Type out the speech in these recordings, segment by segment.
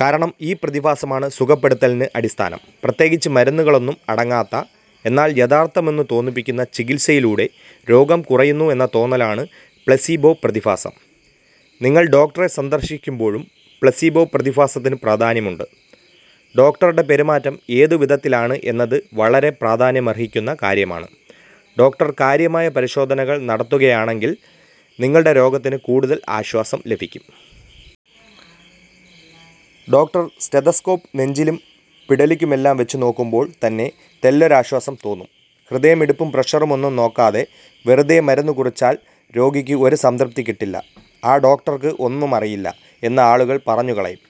കാരണം ഈ പ്രതിഭാസമാണ് സുഖപ്പെടുത്തലിന് അടിസ്ഥാനം. പ്രത്യേകിച്ച് മരുന്നുകളൊന്നും അടങ്ങാത്ത, എന്നാല് യഥാര്ത്ഥമെന്നു തോന്നിപ്പിക്കുന്ന ചികിത്സയിലൂടെ രോഗം കുറയുന്നു എന്ന തോന്നലാണ് പ്ലെസീബോ പ്രതിഭാസം. നിങ്ങള് ഡോക്ടറെ സന്ദര്ശിക്കുമ്പോഴും പ്ലെസീബോ പ്രതിഭാസത്തിനു പ്രാധാന്യമുണ്ട്. ഡോക്ടരുടെ പെരുമാറ്റം ഏതുവിധത്തിലാണ് എന്നതു വളരെ പ്രാധാന്യമര്ഹിക്കുന്ന കാര്യമാണ്. ഡോക്ടര് കാര്യമായ പരിശോധനകള് നടത്തുകയാണെങ്കില് നിങ്ങളുടെ രോഗത്തിനു കൂടുതല് ആശ്വാസം ലഭിക്കും. ഡോക്ടര് സ്റ്റെതസ്കോപ്പ് നെഞ്ചിലും പിടലിക്കുമെല്ലാം വച്ചുനോക്കുമ്പോള് തന്നെ തെല്ലൊരാശ്വാസം തോന്നും. ഹൃദയമിടിപ്പും പ്രഷറുമൊന്നും നോക്കാതെ വെറുതെ മരുന്നുകുറിച്ചാല് രോഗിക്ക് ഒരു സംതൃപ്തി കിട്ടില്ല. 'ആ ഡോക്ടര്ക്ക് ഒന്നും അറിയില്ല' എന്ന് ആളുകള് പറഞ്ഞുകളയും.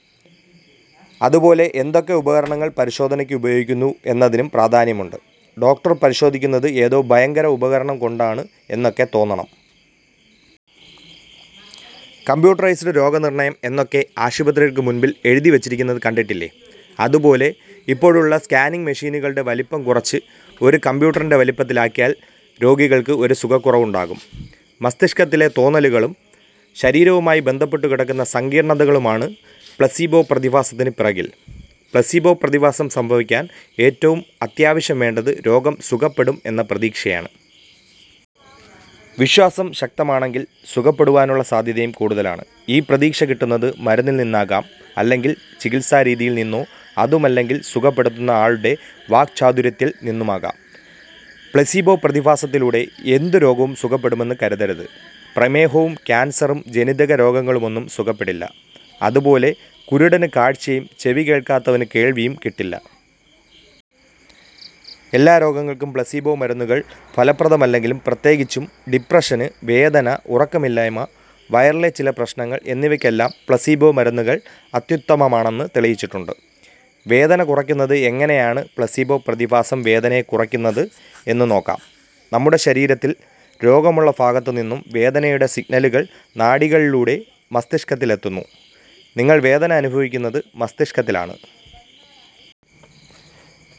അതുപോലെ എന്തൊക്കെ ഉപകരണങ്ങള് പരിശോധനക്ക് ഉപയോഗിക്കുന്നു എന്നതിനും പ്രാധാന്യമുണ്ട്. ഡോക്ടര് പരിശോധിക്കുന്നത് ഏതോ ഭയങ്കര ഉപകരണം കൊണ്ടാണ് എന്നൊക്കെ തോന്നണം. കമ്പ്യൂട്ടറൈസ്ഡ് രോഗനിര്ണ്ണയം എന്നൊക്കെ ആശുപത്രകള്ക്ക് മുന്പില് എഴുതിവച്ചിരിക്കുന്നത് കണ്ടിട്ടില്ലേ. അതുപോലെ ഇപ്പോഴുള്ള സ്കാനിംഗ് മെഷിനുകളുടെ വലിപ്പം കുറച്ച് ഒരു കമ്പ്യൂട്ടറിന്റെ വലിപ്പത്തിലാക്കിയാല് രോഗികള്ക്ക് ഒരു സുഖക്കുറവുണ്ടാകും. മസ്തിഷ്കത്തിലെ തോന്നലുകളും ശരീരവുമായി ബന്ധപ്പെട്ടുകിടക്കുന്ന സങ്കീര്ണ്ണതകളുമാണ് പ്ലെസീബോ പ്രതിഭാസത്തിനു പിറകില്. പ്ലെസീബോ പ്രതിഭാസം സംഭവിക്കാന് ഏറ്റവും അത്യാവശ്യം വേണ്ടത് രോഗം സുഖപ്പെടും എന്ന പ്രതീക്ഷയാണ്. വിശ്വാസം ശക്തമാണെങ്കില് സുഖപ്പെടുവാനുള്ള സാധ്യതയും കൂടുതലാണ്. ഈ പ്രതീക്ഷ കിട്ടുന്നത് മരുന്നില്നിന്നാകാം അല്ലെങ്കില് ചികിത്സാ രീതിയില്നിന്നോ അതുമല്ലെങ്കില് സുഖപ്പെടുത്തുന്ന ആളുടെ വാക്ചാതുര്യത്തില് നിന്നുമാകാം. പ്ലെസീബോ പ്രതിഭാസത്തിലൂടെ എന്തു രോഗവും സുഖപ്പെടുമെന്ന് കരുതരുത്. പ്രമേഹവും ക്യാന്സറും ജനിതകരോഗങ്ങളുമൊന്നും സുഖപ്പെടില്ല. അതുപോലെ കുരുടന് കാഴ്ചയും ചെവി കേള്ക്കാത്തവനു കേൾവിയും കിട്ടില്ല. എല്ലാ രോഗങ്ങള്ക്കും പ്ലെസീബോ മരുന്നുകള് ഫലപ്രദമല്ലെങ്കിലും പ്രത്യേകിച്ചും ഡിപ്രഷന്, വേദന, ഉറക്കമില്ലായ്മ, വയറിലെ ചില പ്രശ്നങ്ങള് എന്നിവക്കെല്ലാം പ്ലെസീബോ മരുന്നുകള് അത്യുത്തമമാണെന്ന് തെളിയിച്ചിട്ടുണ്ട്. വേദന കുറയ്ക്കുന്നത് എങ്ങനെയാണ് പ്ലെസീബോ പ്രതിഭാസം വേദനയെ കുറക്കുന്നത് എന്നുനോക്കാം. നമ്മുടെ ശരീരത്തില് രോഗമുള്ള ഭാഗത്തുനിന്നും വേദനയുടെ സിഗ്നലുകള് നാഡികളിലൂടെ മസ്തിഷ്കത്തിലെത്തുന്നു. നിങ്ങള് വേദന അനുഭവിക്കുന്നത് മസ്തിഷ്കത്തിലാണ്.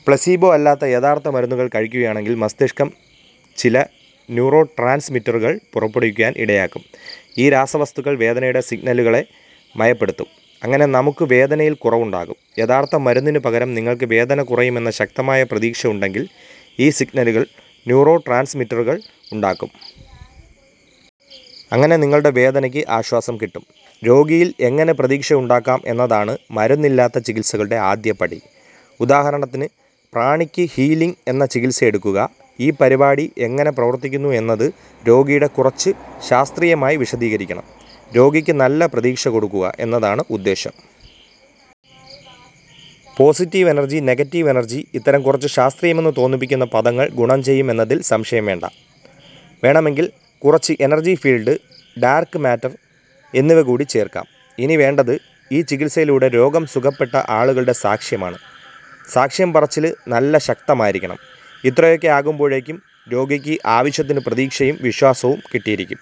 പ്ലെസീബോ അല്ലാത്ത യഥാര്ത്ഥ മരുന്നുകള് കഴിക്കുകയാണെങ്കില് മസ്തിഷ്കം ചില ന്യൂറോട്രാന്സ്മിറ്ററുകള് പുറപ്പെടുവിക്കാന് ഇടയാക്കും. ഈ രാസവസ്തുക്കള് വേദനയുടെ സിഗ്നലുകളെ മയപ്പെടുത്തും. അങ്ങനെ നമുക്ക് വേദനയില് കുറവുണ്ടാകും. യഥാര്ത്ഥ മരുന്നിനു പകരം നിങ്ങള്ക്ക് വേദന കുറയും എന്ന ശക്തമായ പ്രതീക്ഷ ഉണ്ടെങ്കില് ഈ സിഗ്നലുകള് ന്യൂറോട്രാന്സ്മിറ്ററുകള് ഉണ്ടാക്കും. അങ്ങനെ നിങ്ങളുടെ വേദനക്ക് ആശ്വാസം കിട്ടും. രോഗിയില് എങ്ങനെ പ്രതീക്ഷ ഉണ്ടാക്കാം എന്നതാണ് മരുന്നില്ലാത്ത ചികിത്സകളുടെ ആദ്യ പടി. ഉദാഹരണത്തിന് പ്രാണിക് ഹീലിംഗ് എന്ന ചികിത്സ എടുക്കുക. ഈ പരിപാടി എങ്ങനെ പ്രവര്ത്തിക്കുന്നു എന്നത് രോഗിയോട് കുറച്ചു 'ശാസ്ത്രീയമായി' വിശദീകരിക്കണം. രോഗിക്ക് നല്ല പ്രതീക്ഷ കൊടുക്കുക എന്നതാണ് ഉദ്ദേശം. പോസിറ്റീവ് എനര്ജി, നെഗറ്റീവ് എനര്ജി, ഇത്തരം കുറച്ചു ശാസ്ത്രീയമെന്നു തോന്നിപ്പിക്കുന്ന പദങ്ങള് ഗുണം ചെയ്യും എന്നതില് സംശയം വേണ്ട. വേണമെങ്കില് കുറച്ചു എനര്ജി ഫീല്ഡ്, ഡാര്ക്ക് മാറ്റര് എന്നിവകൂടി ചേര്ക്കാം. ഇനി വേണ്ടത് ഈ ചികിത്സയിലൂടെ രോഗം സുഖപ്പെട്ട ആളുകളുടെ സാക്ഷ്യമാണ്. സാക്ഷ്യം പറച്ചില് നല്ല ശക്തമായിരിക്കണം. ഇത്രയൊക്കെ ആകുമ്പോഴേക്കും രോഗിക്ക് ആവശ്യത്തിനു പ്രതീക്ഷയും വിശ്വാസവും കിട്ടിയിരിക്കും.